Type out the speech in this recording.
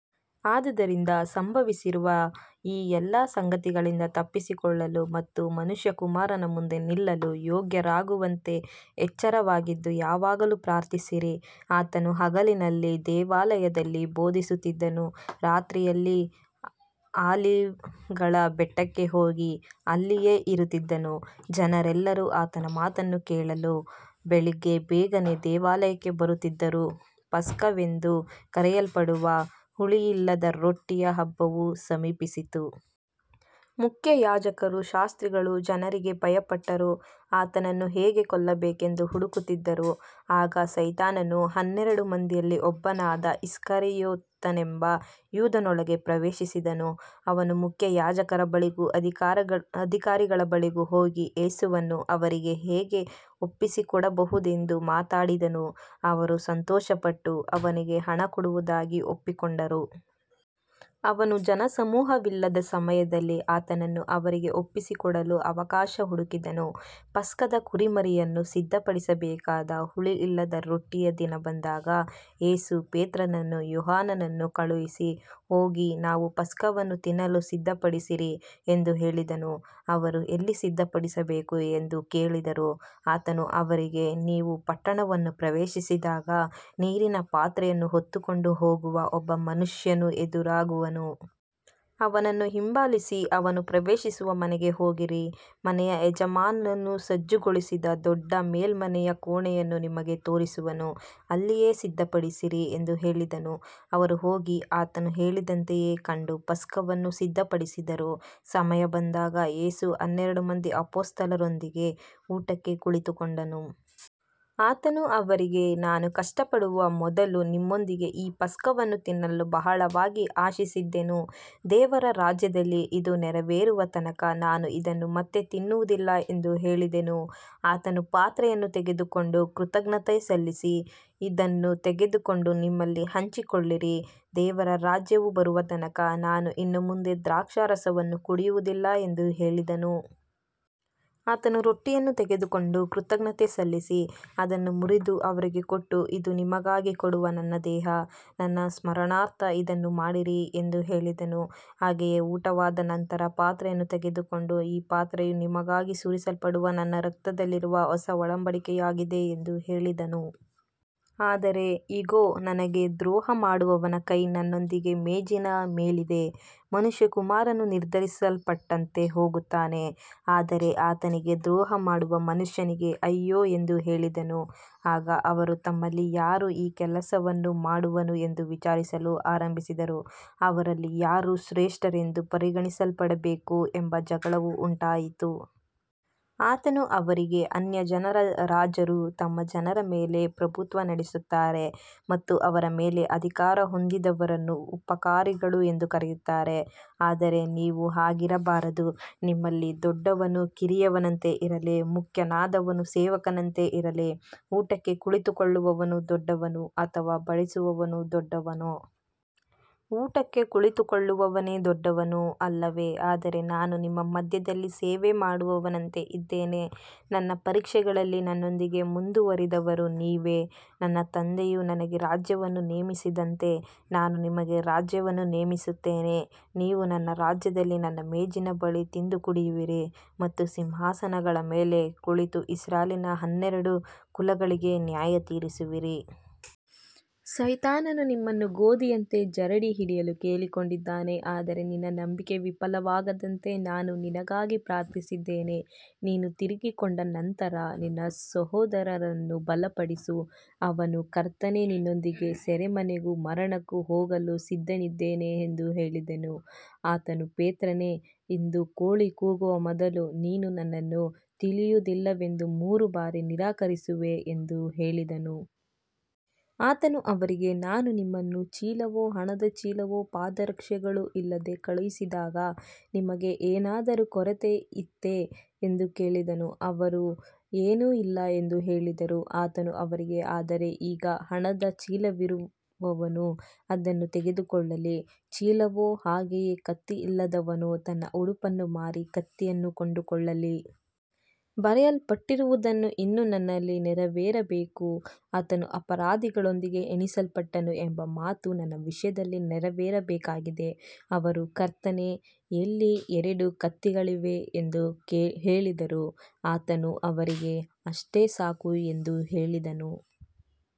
ಆದುದರಿಂದ ಸಂಭವಿಸಲಿರುವ ಈ ಎಲ್ಲ ಸಂಗತಿಗಳಿಂದ ತಪ್ಪಿಸಿಕೊಳ್ಳಲು ಮತ್ತು ಮನುಷ್ಯಕುಮಾರನ ಮುಂದೆ ನಿಲ್ಲಲು ಯೋಗ್ಯರಾಗುವಂತೆ ಎಚ್ಚರವಾಗಿದ್ದು ಯಾವಾಗಲೂ ಪ್ರಾರ್ಥಿಸಿರಿ. ಆತನು ಹಗಲಿನಲ್ಲಿ ದೇವಾಲಯದಲ್ಲಿ ಬೋಧಿಸುತ್ತಿದ್ದನು, ರಾತ್ರಿಯಲ್ಲಿ ಆಲಿವ್‌ಗಳ ಬೆಟ್ಟಕ್ಕೆ ಹೋಗಿ ಅಲ್ಲಿಯೇ ಇರುತ್ತಿದ್ದನು. ಜನರೆಲ್ಲರೂ ಆತನ ಮಾತನ್ನು ಕೇಳಲು ಬೆಳಿಗ್ಗೆ ಬೇಗನೆ ದೇವಾಲಯಕ್ಕೆ ಬರುತ್ತಿದ್ದರು. ಪಸ್ಕವೆಂದು ಕರೆಯಲ್ಪಡುವ ಹುಳಿಯಿಲ್ಲದ ರೊಟ್ಟಿಯ ಹಬ್ಬವು ಸಮೀಪಿಸಿತು. ಮುಖ್ಯಯಾಜಕರೂ ಶಾಸ್ತ್ರಿಗಳೂ ಜನರಿಗೆ ಭಯಪಟ್ಟರೂ ಆತನನ್ನು ಹೇಗೆ ಕೊಲ್ಲಬೇಕೆಂದು ಹುಡುಕುತ್ತಿದ್ದರು. ಆಗ ಸೈತಾನನು ಹನ್ನೆರಡು ಮಂದಿಯಲ್ಲಿ ಒಬ್ಬನಾದ ಇಸ್ಕರಿಯೋತನೆಂಬ ಯೂದನೊಳಗೆ ಪ್ರವೇಶಿಸಿದನು. ಅವನು ಮುಖ್ಯಯಾಜಕರ ಬಳಿಗೂ ಅಧಿಕಾರಿಗಳ ಬಳಿಗೂ ಹೋಗಿ, ಯೇಸುವನ್ನು ಅವರಿಗೆ ಹೇಗೆ ಒಪ್ಪಿಸಿಕೊಡಬಹುದೆಂದು ಮಾತಾಡಿದನು. ಅವರು ಸಂತೋಷಪಟ್ಟು ಅವನಿಗೆ ಹಣ ಕೊಡುವುದಾಗಿ ಒಪ್ಪಿಕೊಂಡರು. ಅವನು ಜನಸಮೂಹವಿಲ್ಲದ ಸಮಯದಲ್ಲಿ ಆತನನ್ನು ಅವರಿಗೆ ಒಪ್ಪಿಸಿಕೊಡಲು ಅವಕಾಶ ಹುಡುಕಿದನು. ಪಸ್ಕದ ಕುರಿಮರಿಯನ್ನು ಸಿದ್ಧಪಡಿಸಬೇಕಾದ ಹುಳಿಯಿಲ್ಲದ ರೊಟ್ಟಿಯ ದಿನ ಬಂದಾಗ, ಯೇಸು ಪೇತ್ರನನ್ನೂ ಯೋಹಾನನನ್ನೂ ಕಳುಹಿಸಿ, ಹೋಗಿ ನಾವು ಪಸ್ಕವನ್ನು ತಿನ್ನಲು ಸಿದ್ಧಪಡಿಸಿರಿ ಎಂದು ಹೇಳಿದನು. ಅವರು, ಎಲ್ಲಿ ಸಿದ್ಧಪಡಿಸಬೇಕು ಎಂದು ಕೇಳಿದರು. ಆತನು ಅವರಿಗೆ, ನೀವು ಪಟ್ಟಣವನ್ನು ಪ್ರವೇಶಿಸಿದಾಗ ನೀರಿನ ಪಾತ್ರೆಯನ್ನು ಹೊತ್ತುಕೊಂಡು ಹೋಗುವ ಒಬ್ಬ ಮನುಷ್ಯನು ಎದುರಾಗುವನು. ಅವನನ್ನು ಹಿಂಬಾಲಿಸಿ ಅವನು ಪ್ರವೇಶಿಸುವ ಮನೆಗೆ ಹೋಗಿರಿ. ಮನೆಯ ಯಜಮಾನನು ಸಜ್ಜುಗೊಳಿಸಿದ ದೊಡ್ಡ ಮೇಲ್ಮನೆಯ ಕೋಣೆಯನ್ನು ನಿಮಗೆ ತೋರಿಸುವನು. ಅಲ್ಲಿಯೇ ಸಿದ್ಧಪಡಿಸಿರಿ ಎಂದು ಹೇಳಿದನು. ಅವರು ಹೋಗಿ ಆತನು ಹೇಳಿದಂತೆಯೇ ಕಂಡು ಪಸ್ಕವನ್ನು ಸಿದ್ಧಪಡಿಸಿದರು. ಸಮಯ ಬಂದಾಗ ಯೇಸು ಹನ್ನೆರಡು ಮಂದಿ ಅಪೊಸ್ತಲರೊಂದಿಗೆ ಊಟಕ್ಕೆ ಕುಳಿತುಕೊಂಡನು. ಆತನು ಅವರಿಗೆ, ನಾನು ಕಷ್ಟಪಡುವ ಮೊದಲು ನಿಮ್ಮೊಂದಿಗೆ ಈ ಪಸ್ಕವನ್ನು ತಿನ್ನಲು ಬಹಳವಾಗಿ ಆಶಿಸಿದ್ದೆನು. ದೇವರ ರಾಜ್ಯದಲ್ಲಿ ಇದು ನೆರವೇರುವ ತನಕ ನಾನು ಇದನ್ನು ಮತ್ತೆ ತಿನ್ನುವುದಿಲ್ಲ ಎಂದು ಹೇಳಿದನು. ಆತನು ಪಾತ್ರೆಯನ್ನು ತೆಗೆದುಕೊಂಡು ಕೃತಜ್ಞತೆ ಸಲ್ಲಿಸಿ, ಇದನ್ನು ತೆಗೆದುಕೊಂಡು ನಿಮ್ಮಲ್ಲಿ ಹಂಚಿಕೊಳ್ಳಿರಿ. ದೇವರ ರಾಜ್ಯವು ಬರುವ ತನಕ ನಾನು ಇನ್ನು ಮುಂದೆ ದ್ರಾಕ್ಷಾರಸವನ್ನು ಕುಡಿಯುವುದಿಲ್ಲ ಎಂದು ಹೇಳಿದನು. ಆತನು ರೊಟ್ಟಿಯನ್ನು ತೆಗೆದುಕೊಂಡು ಕೃತಜ್ಞತೆ ಸಲ್ಲಿಸಿ ಅದನ್ನು ಮುರಿದು ಅವರಿಗೆ ಕೊಟ್ಟು, ಇದು ನಿಮಗಾಗಿ ಕೊಡುವ ನನ್ನ ದೇಹ. ನನ್ನ ಸ್ಮರಣಾರ್ಥ ಇದನ್ನು ಮಾಡಿರಿ ಎಂದು ಹೇಳಿದನು. ಹಾಗೆಯೇ ಊಟದ ನಂತರ ಪಾತ್ರೆಯನ್ನು ತೆಗೆದುಕೊಂಡು, ಈ ಪಾತ್ರೆಯು ನಿಮಗಾಗಿ ಸುರಿಸಲ್ಪಡುವ ನನ್ನ ರಕ್ತದಲ್ಲಿರುವ ಹೊಸ ಒಡಂಬಡಿಕೆಯಾಗಿದೆ ಎಂದು ಹೇಳಿದನು. ಆದರೆ ಇಗೋ, ನನಗೆ ದ್ರೋಹ ಮಾಡುವವನ ಕೈ ನನ್ನೊಂದಿಗೆ ಮೇಜಿನ ಮೇಲಿದೆ. ಮನುಷ್ಯಕುಮಾರನು ನಿರ್ಧರಿಸಲ್ಪಟ್ಟಂತೆ ಹೋಗುತ್ತಾನೆ, ಆದರೆ ಆತನಿಗೆ ದ್ರೋಹ ಮಾಡುವ ಮನುಷ್ಯನಿಗೆ ಅಯ್ಯೋ ಎಂದು ಹೇಳಿದನು. ಆಗ ಅವರು ತಮ್ಮಲ್ಲಿ ಯಾರು ಈ ಕೆಲಸವನ್ನು ಮಾಡುವನು ಎಂದು ವಿಚಾರಿಸಲು ಆರಂಭಿಸಿದರು. ಅವರಲ್ಲಿ ಯಾರು ಶ್ರೇಷ್ಠರೆಂದು ಪರಿಗಣಿಸಲ್ಪಡಬೇಕು ಎಂಬ ಜಗಳವೂ ಉಂಟಾಯಿತು. ಆತನು ಅವರಿಗೆ, ಅನ್ಯಜನರ ರಾಜರು ತಮ್ಮ ಜನರ ಮೇಲೆ ಪ್ರಭುತ್ವ ನಡೆಸುತ್ತಾರೆ ಮತ್ತು ಅವರ ಮೇಲೆ ಅಧಿಕಾರ ಹೊಂದಿರುವವರನ್ನು ಉಪಕಾರಿಗಳು ಎಂದು ಕರೆಯುತ್ತಾರೆ. ಆದರೆ ನೀವು ಹಾಗಿರಬಾರದು. ನಿಮ್ಮಲ್ಲಿ ದೊಡ್ಡವನು ಕಿರಿಯನಂತೆ ಇರಲಿ, ಮುಖ್ಯನಾದವನು ಸೇವಕನಂತೆ ಇರಲಿ. ಊಟಕ್ಕೆ ಕುಳಿತುಕೊಳ್ಳುವವನು ದೊಡ್ಡವನೋ ಅಥವಾ ಬಡಿಸುವವನು ದೊಡ್ಡವನೋ. ಊಟಕ್ಕೆ ಕುಳಿತುಕೊಳ್ಳುವವನೇ ದೊಡ್ಡವನು, ಅಲ್ಲವೇ. ಆದರೆ ನಾನು ನಿಮ್ಮ ಮಧ್ಯದಲ್ಲಿ ಸೇವೆ ಮಾಡುವವನಂತೆ ಇದ್ದೇನೆ. ನನ್ನ ಪರೀಕ್ಷೆಗಳಲ್ಲಿ ನನ್ನೊಂದಿಗೆ ಮುಂದುವರಿದವರು ನೀವೇ. ನನ್ನ ತಂದೆಯು ನನಗೆ ರಾಜ್ಯವನ್ನು ನೇಮಿಸಿದಂತೆ, ನಾನು ನಿಮಗೆ ರಾಜ್ಯವನ್ನು ನೇಮಿಸುತ್ತೇನೆ. ನೀವು ನನ್ನ ರಾಜ್ಯದಲ್ಲಿ ನನ್ನ ಮೇಜಿನ ಬಳಿ ತಿಂದು ಕುಡಿಯುವಿರಿ ಮತ್ತು ಸಿಂಹಾಸನಗಳ ಮೇಲೆ ಕುಳಿತು ಇಸ್ರಾಯೇಲಿನ ಹನ್ನೆರಡು ಕುಲಗಳಿಗೆ ನ್ಯಾಯತೀರಿಸುವಿರಿ. ಸೈತಾನನು ನಿಮ್ಮನ್ನು ಗೋಧಿಯಂತೆ ಜರಡಿ ಹಿಡಿಯಲು ಕೇಳಿಕೊಂಡಿದ್ದಾನೆ. ಆದರೆ ನಿನ್ನ ನಂಬಿಕೆ ವಿಫಲವಾಗದಂತೆ ನಾನು ನಿನಗಾಗಿ ಪ್ರಾರ್ಥಿಸಿದ್ದೇನೆ. ನೀನು ತಿರುಗಿಕೊಂಡ ನಂತರ ನಿನ್ನ ಸಹೋದರರನ್ನು ಬಲಪಡಿಸು. ಅವನು, ಕರ್ತನೇ, ನಿನ್ನೊಂದಿಗೆ ಸೆರೆಮನೆಗೂ ಮರಣಕ್ಕೂ ಹೋಗಲು ಸಿದ್ಧನಿದ್ದೇನೆ ಎಂದು ಹೇಳಿದನು. ಆತನು, ಪೇತ್ರನೇ, ಇಂದು ಕೋಳಿ ಕೂಗುವ ಮೊದಲು ನೀನು ನನ್ನನ್ನು ತಿಳಿಯುವುದಿಲ್ಲವೆಂದು ಮೂರು ಬಾರಿ ನಿರಾಕರಿಸುವೆ ಎಂದು ಹೇಳಿದನು. ಆತನು ಅವರಿಗೆ, ನಾನು ನಿಮ್ಮನ್ನು ಚೀಲವೂ ಹಣದ ಚೀಲವೂ ಪಾದರಕ್ಷೆಗಳೂ ಇಲ್ಲದೆ ಕಳುಹಿಸಿದಾಗ ನಿಮಗೆ ಏನಾದರೂ ಕೊರತೆಯಿತ್ತೇ ಎಂದು ಕೇಳಿದನು. ಅವರು, ಏನೂ ಇಲ್ಲ ಎಂದು ಹೇಳಿದರು. ಆತನು ಅವರಿಗೆ, ಆದರೆ ಈಗ ಹಣದ ಚೀಲವಿರುವವನು ಅದನ್ನು ತೆಗೆದುಕೊಳ್ಳಲಿ, ಚೀಲವೂ ಹಾಗೆಯೇ. ಕತ್ತಿಯಿಲ್ಲದವನು ತನ್ನ ಉಡುಪನ್ನು ಮಾರಿ ಕತ್ತಿಯನ್ನು ಕೊಂಡುಕೊಳ್ಳಲಿ. ಬರೆಯಲ್ಪಟ್ಟಿರುವುದು ಇನ್ನೂ ನನ್ನಲ್ಲಿ ನೆರವೇರಬೇಕು. ಆತನು ಅಪರಾಧಿಗಳೊಂದಿಗೆ ಎಣಿಸಲ್ಪಟ್ಟನು ಎಂಬ ಮಾತು ನನ್ನ ವಿಷಯದಲ್ಲಿ ನೆರವೇರಬೇಕಾಗಿದೆ. ಅವರು, ಕರ್ತನೇ, ಇಲ್ಲಿ ಎರಡು ಕತ್ತಿಗಳಿವೆ ಎಂದು ಹೇಳಿದರು. ಆತನು ಅವರಿಗೆ, ಅಷ್ಟೇ ಸಾಕು ಎಂದು ಹೇಳಿದನು.